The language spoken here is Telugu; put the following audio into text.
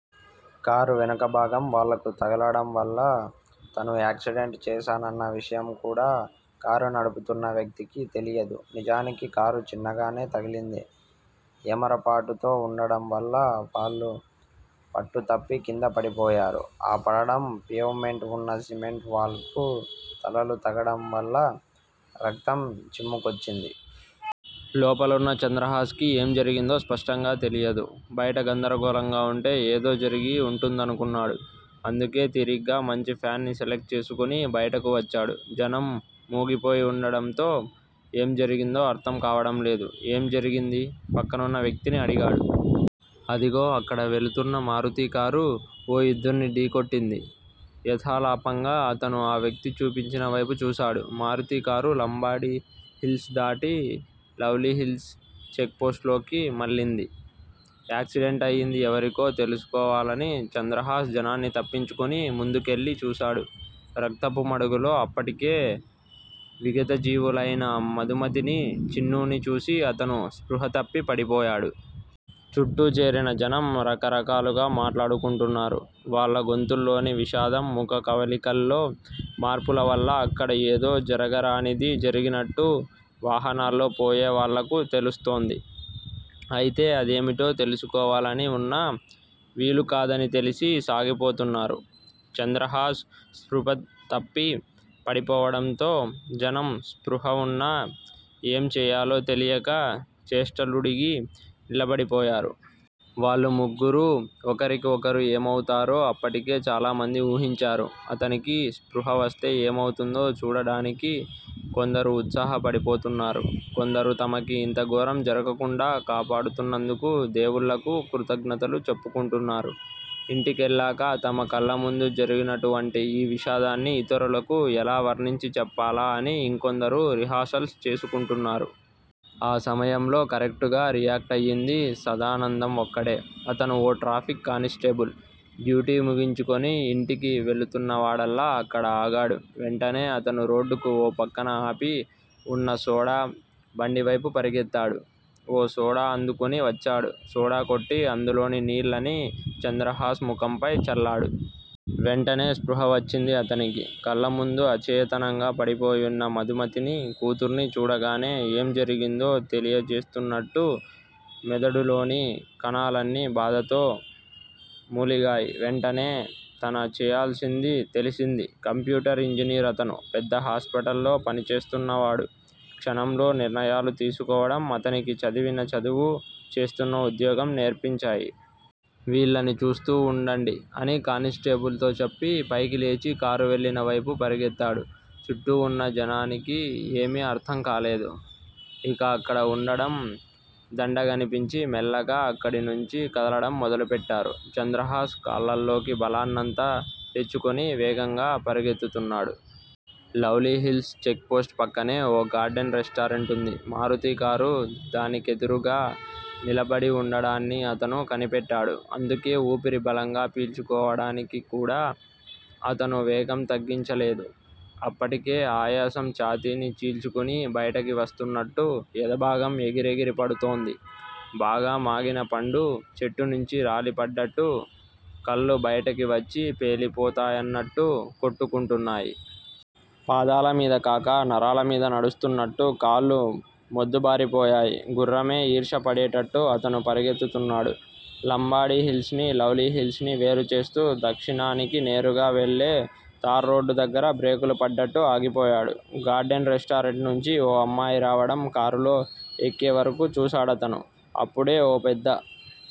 కారు వెనుకభాగం వాళ్ళకు తగలడం వల్ల తను యాక్సిడెంట్ చేశానన్న విషయం కూడా కారు నడుపుతున్న వ్యక్తికి తెలియదు. నిజానికి కారు చిన్నగానే తగిలింది. ఏమరుపాటుతో వుండడంవల్ల వాళ్ళు పట్టుతప్పి కిందపడిపోయారు. ఆ పడడం పేవ్ మెంట్ వున్న సిమెంట్ వాల్ కు తలలు తగలడంవల్ల రక్తం చిమ్ముకొచ్చింది. లోపలున్న చంద్రహాస్ కి ఏం జరిగిందో స్పష్టంగా తెలియదు. బయట గందరగోళంగా వుంటే ఏదో జరిగి వుంటుందనుకున్నాడు. అందుకే తీరిగ్గా మంచి ప్యాడ్ ని సెలెక్ట్ చేసుకుని బయటకు వచ్చాడు. జనం మూగిపోయి వుండడంతో ఏం జరిగిందో అర్థం కావడంలేదు. ఏం జరిగింది? పక్కనున్న వ్యక్తిని అడిగాడు. అదిగో- అక్కడ వెళుతున్న మారుతీకారు ఓ ఇద్దర్ని ఢీకొట్టింది యథాలాపంగా అతను ఆ వ్యక్తి చూపించినవైపు చూశాడు. మారుతీకారు లంబాడీ హిల్స్ దాటి లవ్లీ హిల్స్ చెక్ పోస్ట్ లోకి మళ్ళింది. యాక్సిడెంట్ అయింది ఎవరికో తెలుసుకోవాలని చంద్రహాస్ జనాన్ని తప్పించుకుని ముందుకెళ్ళి చూశాడు. రక్తపు మడుగులో అప్పటికే విగతజీవులయిన మధుమతిని, చిన్నూని చూసి అతను స్పృహ తప్పి పడిపోయాడు. చుట్టూ చేరిన జనం రకరకాలుగా మాట్లాడుకుంటున్నారు. వాళ్ళ గొంతుల్లోని విషాదం, ముఖకవళికల్లో మార్పులవల్ల అక్కడ ఏదో జరగరానిది జరిగినట్టు వాహనాల్లో పోయేవాళ్ళకు తెలుస్తోంది. అయితే అదేమిటో తెలుసుకోవాలని వున్నా వీలుకాదని తెలిసి సాగిపోతున్నారు. చంద్రహాస్ స్పృహ తప్పి పడిపోవడంతో జనం స్పృహ వున్నా ఏం చేయాలో తెలియక చేష్టలుడిగి నిలబడిపోయారు. వాళ్ళు ముగ్గురూ ఒకరికి ఒకరు ఏమవుతారో అప్పటికే చాలామంది ఊహించారు. అతనికి స్పృహ వస్తే ఏమవుతుందో చూడడానికి కొందరు ఉత్సాహపడిపోతున్నారు. కొందరు తమకి ఇంత ఘోరం జరగకుండా కాపాడుతున్నందుకు దేవుళ్ళకు కృతజ్ఞతలు చెప్పుకుంటున్నారు. ఇంటికెళ్ళాక తమ కళ్ళముందు జరిగినటువంటి ఈ విషాదాన్ని ఇతరులకు ఎలా వర్ణించి చెప్పాలా అని ఇంకొందరు రిహార్సల్స్ చేసుకుంటున్నారు. ఆ సమయంలో కరెక్టుగా రియాక్ట్ అయ్యింది సదానందం ఒక్కడే. అతను ఓ ట్రాఫిక్ కానిస్టేబుల్. డ్యూటీ ముగించుకుని ఇంటికి వెళుతున్నవాడల్లా అక్కడ ఆగాడు. వెంటనే అతను రోడ్డుకు ఓ పక్కన ఆపి వున్న సోడా బండివైపు పరుగెత్తాడు. ఓ సోడా అందుకుని వచ్చాడు. సోడా కొట్టి, అందులోని నీళ్ళని చంద్రహాస్ ముఖంపై చల్లాడు. వెంటనే స్పృహ వచ్చింది అతనికి. కళ్ళముందు అచేతనంగా పడిపోయి వున్న మధుమతినీ, కూతుర్నీ చూడగానే ఏం జరిగిందో తెలియజేస్తున్నట్టు మెదడులోని కణాలన్నీ బాధతో మూలిగాయి. వెంటనే తన చేయాల్సింది తెలిసింది. కంప్యూటర్ ఇంజనీర్ అతను. పెద్ద హాస్పిటల్ లో పనిచేస్తున్నవాడు. క్షణంలో నిర్ణయాలు తీసుకోవడం అతనికి చదివిన చదువు, చేస్తున్న ఉద్యోగం నేర్పించాయి. వీళ్ళని చూస్తూ వుండండి అని కానిస్టేబుల్ తో చెప్పి, పైకి లేచి కారు వెళ్ళిన వైపు పరుగెత్తాడు. చుట్టూ వున్న జనానికి ఏమీ అర్థం కాలేదు. ఇక అక్కడ వుండడం దండగనిపించి మెల్లగా అక్కడినుంచి కదలడం మొదలుపెట్టారు. చంద్రహాస్ కాళ్ళల్లోకి బలాన్నంతా తెచ్చుకుని వేగంగా పరిగెడుతున్నాడు. లవ్లీ హిల్స్ చెక్ పోస్టు పక్కనే ఓ గార్డెన్ రెస్టారెంటుంది. మారుతీ కారు దానికెదురుగ్గా నిలబడి వుండడాన్ని అతను కనిపెట్టాడు. అందుకే ఊపిరి బలంగా పీల్చుకోవడాని క్కూడా అతను వేగం తగ్గించలేదు. అప్పటికే ఆయాసం ఛాతీని చీల్చుకుని బయటికి వస్తున్నట్టు ఎదభాగం ఎగిరెగిరి పడుతోంది. బాగా మాగిన పండు చెట్టునుంచి రాలిపడ్డట్టు కళ్ళు బయటికి వచ్చి పేలిపోతాయన్నట్టు కొట్టుకుంటున్నాయి. పాదాలమీద కాక నరాలమీద నడుస్తున్నట్టు కాళ్ళు మొద్దుబారిపోయాయి. గుర్రమే ఈర్ష్య పడేటట్టు అతను పరిగెడుతున్నాడు. లంబాడీ హిల్స్ ని, లవ్లీ హిల్స్ ని వేరుచేస్తూ దక్షిణానికి నేరుగా వెళ్ళే తార్రోడు దగ్గర బ్రేకులు పడ్డట్టు ఆగిపోయాడు, గార్డెన్ రెస్టారెంట్ నుంచి ఓ అమ్మాయి రావడం, కారులో ఎక్కేవరకు చూశాడతను. అప్పుడే ఓ పెద్ద